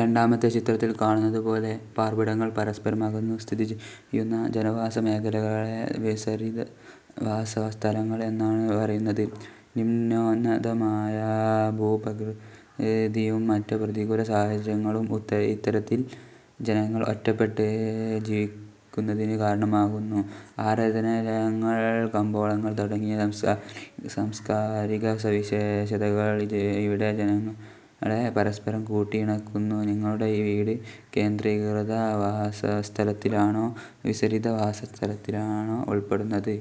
രണ്ടാമത്തെ ചിത്രത്തിൽ കാണുന്നതുപോലെ പാർപ്പിടങ്ങൾ പരസ്പരം അകന്നു സ്ഥിതിചെയ്യുന്ന ജനവാസമേഖലകളെ വിസരിത വാസ സ്ഥലങ്ങൾ എന്നാണ് പറയുന്നത്. നിമ്നോന്നതമായ ഭൂപ്രകൃതിയും മറ്റു പ്രതികൂല സാഹചര്യങ്ങളും ഇത്തരത്തിൽ ജനങ്ങൾ ഒറ്റപ്പെട്ട് ജീവിക്കുന്നതിന് കാരണമാകുന്നു. ആരാധനാലയങ്ങൾ, കമ്പോളങ്ങൾ തുടങ്ങിയ സാംസ്കാരികസവിശേഷതകൾ ഇവിടെ ജനങ്ങളെ പരസ്പരം കൂട്ടിയിണക്കുന്നു. നിങ്ങളുടെ വീട് കേന്ദ്രീകൃത വാസസ്ഥലത്തിലാണോ വിസരിത വാസ സ്ഥലത്തിലാണോ ഉൾപ്പെടുന്നത്?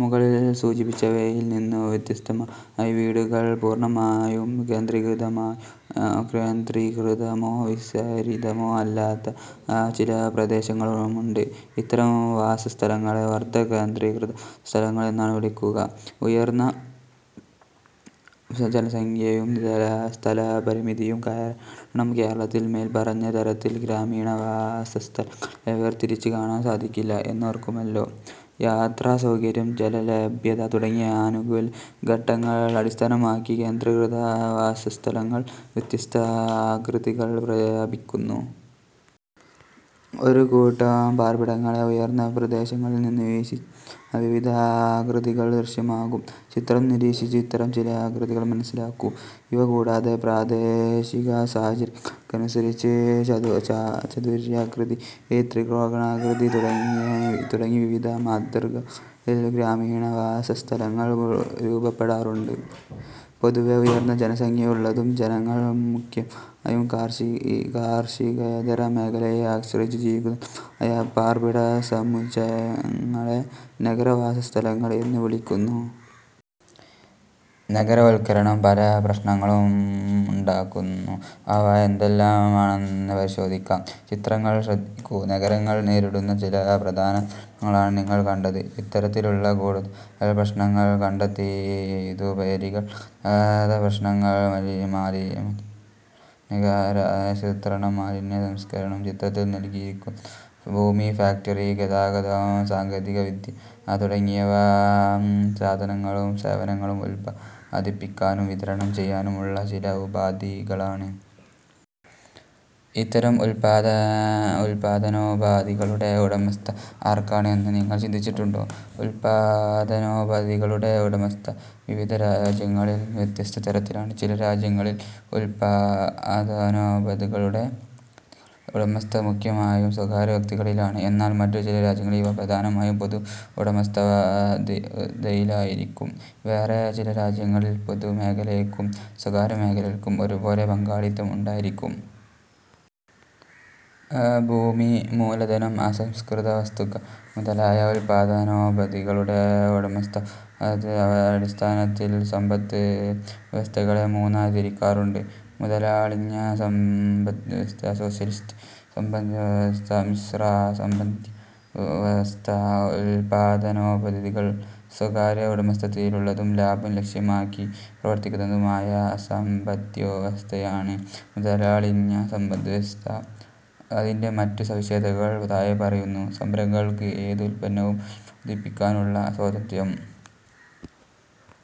മുകളിൽ സൂചിപ്പിച്ചവയിൽ നിന്നു വ്യത്യസ്തമായി വീടുകൾ പൂർണമായും കേന്ദ്രീകൃതമോ വിസരിതമോ അല്ലാത്ത ചില പ്രദേശങ്ങളുമുണ്ട്. ഇത്തരം വാസസ്ഥലങ്ങളെ അർധ കേന്ദ്രീകൃത വാസസ്ഥലങ്ങൾ എന്നാണ് വിളിക്കുക. ഉയർന്ന ജനസംഖ്യയും സ്ഥലപരിമിതിയും കാരണം കേരളത്തിൽ മേൽപ്പറഞ്ഞ തരത്തിൽ ഗ്രാമീണവാസസ്ഥലങ്ങളെ വേർതിരിച്ച് കാണാൻ സാധിക്കില്ല എന്നോർക്കുമല്ലോ. യാത്രാസൗകര്യം, ജലലഭ്യത തുടങ്ങിയ അനുകൂല ഘടകങ്ങൾ അടിസ്ഥാനമാക്കി കേന്ദ്രീകൃത വാസസ്ഥലങ്ങൾ വ്യത്യസ്ത ആകൃതികൾ പ്രാപിക്കുന്നു. ഒരു കൂട്ടം പാർപ്പിടങ്ങളെ ഉയർന്ന പ്രദേശങ്ങളിൽനിന്ന് വീക്ഷിച്ചാൽ വിവിധ ആകൃതികൾ ദൃശ്യമാകും. ചിത്രം നിരീക്ഷിച്ച് ഇത്തരം ചില ആകൃതികൾ മനസ്സിലാക്കൂ. ഇവ കൂടാതെ പ്രാദേശിക സാഹചര്യങ്ങൾക്കനുസരിച്ച് ചതുരാകൃതി, ത്രികോണാകൃതി തുടങ്ങി വിവിധ മാതൃകകളിൽ ഗ്രാമീണവാസസ്ഥലങ്ങൾ രൂപപ്പെടാറുണ്ട്. പൊതുവെ ഉയർന്ന ജനസംഖ്യയുള്ളതും ജനങ്ങൾ മുഖ്യമായും കാർഷികേതര മേഖലയെ ആശ്രയിച്ചു ജീവിക്കുന്നതുമായ പാർപ്പിടസമുച്ചയങ്ങളെ നഗരവാസസ്ഥലങ്ങൾ എന്നു വിളിക്കുന്നു. നഗരവൽക്കരണം പല പ്രശ്നങ്ങളും ഉണ്ടാക്കുന്നു. അവ എന്തെല്ലാമാണെന്ന് പരിശോധിക്കാം. ചിത്രങ്ങൾ ശ്രദ്ധിക്കൂ. നഗരങ്ങൾ നേരിടുന്ന ചില പ്രധാന പ്രശ്നങ്ങളാണ് നിങ്ങൾ കണ്ടത്. ഇത്തരത്തിലുള്ള കൂടുതൽ പ്രശ്നങ്ങൾ കണ്ടെത്തി എഴുതൂ. ചേരികൾ. ഗതാഗതപ്രശ്നങ്ങൾ. മലിനീകരണം. നഗരാസൂത്രണം. മാലിന്യസംസ്കരണം. ചിത്രത്തിൽ നൽകിയിരിക്കുന്ന ഭൂമി, ഫാക്ടറി, ഗതാഗതം, സാങ്കേതികവിദ്യ തുടങ്ങിയവ സാധനങ്ങളും സേവനങ്ങളും ഉൽപ്പാദിപ്പിക്കാനും വിതരണം ചെയ്യാനുമുള്ള ചില ഉപാധികളാണ്. ഇത്തരം ഉൽപ്പാദനോപാധികളുടെ ഉടമസ്ഥത ആർക്കാണ് എന്ന് നിങ്ങൾ ചിന്തിച്ചിട്ടുണ്ടോ? ഉൽപ്പാദനോപാധികളുടെ ഉടമസ്ഥത വിവിധ രാജ്യങ്ങളിൽ വ്യത്യസ്ത തരത്തിലാണ്. ചില രാജ്യങ്ങളിൽ ഉൽപ്പാദനോപാധികളുടെ ഉടമസ്ഥത മുഖ്യമായും സ്വകാര്യ വ്യക്തികളിലാണ്. എന്നാൽ മറ്റു ചില രാജ്യങ്ങളിൽ ഇവ പ്രധാനമായും പൊതു ഉടമസ്ഥതയിലായിരിക്കും. വേറെ ചില രാജ്യങ്ങളിൽ പൊതുമേഖലയ്ക്കും സ്വകാര്യമേഖലയ്ക്കും ഒരുപോലെ പങ്കാളിത്തം ഉണ്ടായിരിക്കും. ഭൂമി, മൂലധനം, അസംസ്കൃതവസ്തുക്കൾ മുതലായ ഉൽപ്പാദനോപാധികളുടെ ഉടമസ്ഥതയുടെ അടിസ്ഥാനത്തിൽ സമ്പദ് വ്യവസ്ഥകളെ മൂന്നായി തിരിക്കാറുണ്ട്. മുതലാളിത്ത സമ്പദ്വ്യവസ്ഥ, സോഷ്യലിസ്റ്റ് സമ്പദ്വ്യവസ്ഥ, മിശ്ര സമ്പദ്വ്യവസ്ഥ. ഉൽപ്പാദനോപാധികൾ സ്വകാര്യ ഉടമസ്ഥതയിലുള്ളതും ലാഭം ലക്ഷ്യമാക്കി പ്രവർത്തിക്കുന്നതുമായ സമ്പദ്വ്യവസ്ഥയാണ് മുതലാളിത്ത സമ്പദ് വ്യവസ്ഥ. അതിന്റെ മറ്റു സവിശേഷതകൾ താഴെ പറയുന്നു. സംരംഭകർക്ക് ഏത് ഉൽപ്പന്നവും ഉൽപ്പാദിപ്പിക്കാനുള്ള സ്വാതന്ത്ര്യം.